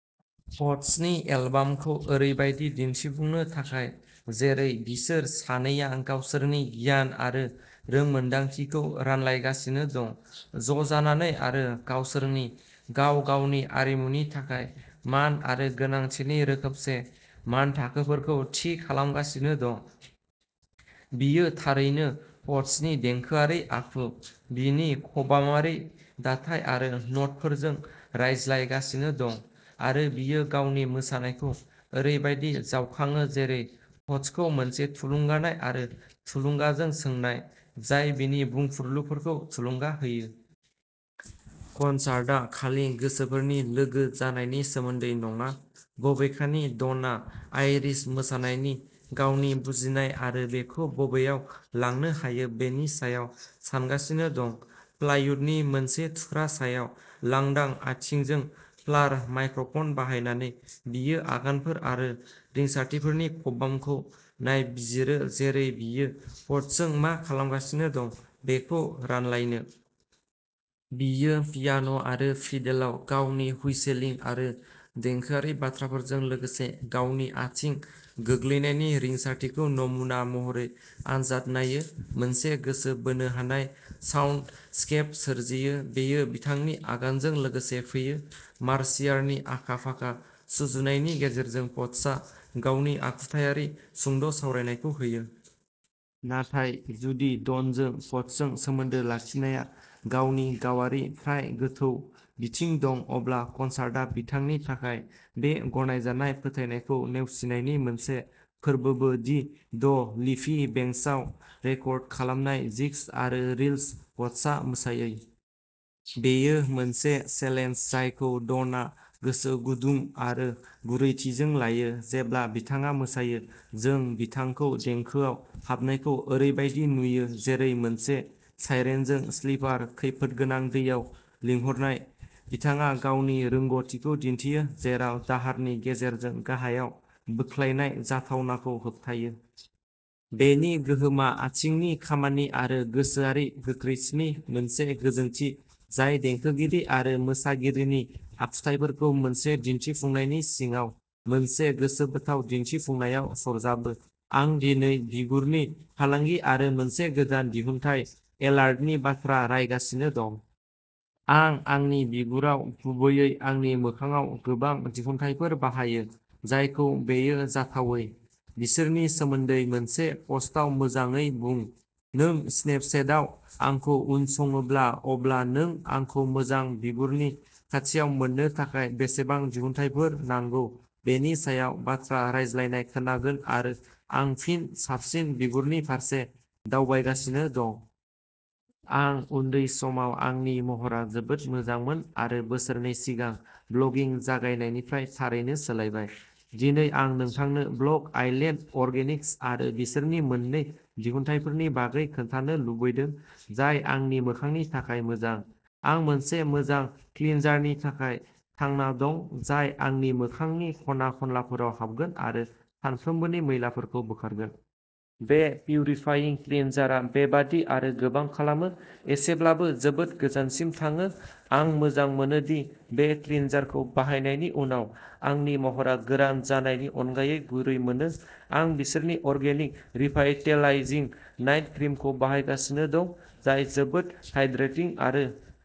पट्सनि एलबामखौ ओरैबायदि दिन्थिफुंनो थाखाय जेरै बिसोर सानैया गावसोरनि गियान आरो रोंमोनदांथिखौ रानलायगासिनो दं, ज'जानानै आरो गावसोरनि गाव-गावनि आरिमुनि थाखाय मान आरो गोनांथिनि रोखोमसे मानथाखोफोरखौ थि खालामगासिनो दं। बियो थारैनो पट्सनि देंखोआरि आखु, बिनि खबामारि दाथाय आरो न'टफोरजों रायज्लायगासिनो दं, आरो बियो गावनि मोसानायखौ ओरैबायदि जावखाङो जेरै पट्सखौ मोनसे थुलुंगानाय आरो थुलुंगाजों सोंनाय, जाय बिनि बुंफुरलुफोरखौ थुलुंगा होयो। कनसार्टआ खालि गोसोफोरनि लोगो जानायनि सोमोन्दै नङा, बबेखानि; डनआ आइरिश मोसानायनि गावनि बुजिनाय आरो बेखौ बबेयाव लांनो हायो बेनि सायाव सानगासिनो दं। प्लाइवुडनि मोनसे थुख्रा सायाव लांदां आथिंजों फ्ल'र माइक्र'फन बाहायनानै बियो आगानफोर आरो रिंसारथिफोरनि खबामखौ नायबिजिरो जेरै बियो पट्सजों मा खालामगासिनो दं बेखौ रानलायनो। बियो पियान'आरो फिडेलाव गावनि हुइसेलिं आरो देंखोआरि बाथ्राफोरजों लोगोसे गावनि आथिं गोग्लैनायनि रिंसारथिखौ नमुना महरै आनजाद नायो, मोनसे गोसो बोनो हानाय साउन्डस्केप सोरजियो। बेयो बिथांनि आगानजों लोगोसे फैयो। मार्सियारनि आखा-फाखा सुजुनायनि गेजेरजों, पट्सआ गावनि आखुथायारि सुंद'सावरायनायखौ होयो। नाथाय जुदि डनजों पट्सजों सोमोन्दो लाखिनाया गावनि गावारि, फ्राय गोथौ बिथिं दं, अब्ला कनसार्टआ बिथांनि थाखाय बे गनायजानाय फोथायनायखौ नेवसिनायनि मोनसे फोरबोबो दि द लिफी बेंक्सआव रेकर्ड खालामनाय जिग्स आरो रिल्स पट्सआ मोसायै। बेयो मोनसे चेलेन्ज जायखौ डनआ गोसो गुदुं आरो गुरैथिजों लायो। जेब्ला बिथाङा मोसायो, जों बिथांखौ देंखोआव हाबनायखौ ओरैबायदि नुयो जेरै मोनसे साइरेनजों स्लिपार, खैफोदगोनां दैयाव लिंहरनाय; बिथाङा गावनि रोंग'थिखौ दिन्थियो, जेराव दाहारनि गेजेरजों गाहायाव बोख्लायनाय जाथावनाखौ होबथायो। बेनि गोहोमा आथिंनि खामानि आरो गोसोआरि गोख्रैथिनि मोनसे गोजोंथि जाय देंखोगिरि आरो मोसागिरिनि आखुथाइफोरखौ मोनसे दिन्थिफुंनायनि सिङाव मोनसे गोसोबोथाव दिन्थिफुंनायाव सरजाबो। आं दिनै बिगुरनि फालांगि आरो मोनसे गोदान दिहुनथाय एलार्टनि बाथ्रा रायगासिनो दं। आं आंनि बिगुराव, गुबैयै आंनि मोखांआव गोबां दिहुनथायफोर बाहायो, जायखौ बेयो जाथावै। बिसोरनि सोमोन्दै मोनसे पस्टआव मोजाङै बुं। नों स्नेपचेटआव आंखौ उनसङोब्ला, अब्ला नों आंखौ मोजां बिगुरनि खाथियाव मोन्नो थाखाय बेसेबां दिहुनथायफोर नांगौ बेनि सायाव बाथ्रा रायज्लायनाय खोनागोन आरो, आं फिन साबसिन बिगुरनि फारसे दावबायगासिनो दं। आं उन्दै समाव आंनि महरा जोबोद मोजांमोन आरो बोसोरनै सिगां ब्लगिं जागायनायनिफ्राय थारैनो सोलायबाय। दिनै आं नोंथांनो ब्लक आइलेन्ड अर्गेनिक्स आरो बिसोरनि मोन्नै दिहुनथायफोरनि बागै खोन्थानो लुबैदों जाय आंनि मोखांनि थाखाय मोजां। आं मोनसे मोजां क्लिनजारनि थाखाय थांना दं जाय आंनि मोखांनि खना-खनलाफोराव हाबगोन आरो सानफ्रोमबोनि मैलाफोरखौ बोखारगोन। बे पिउरिफाइं क्लिनजारआ बेबादि आरो गोबां खालामो। एसेब्लाबो जोबोद गोजानसिम थाङो। आं मोजां मोनो दि बे क्लिनजारखौ बाहायनायनि उनाव आंनि महरा गोरान जानायनि अनगायै गुरै मोनो। आं बिसोरनि अर्गेनिक रिभाइटेलाइजिं नाइट क्रिमखौ बाहायगासिनो दं जाय जोबोद हाइड्रेटिं आरो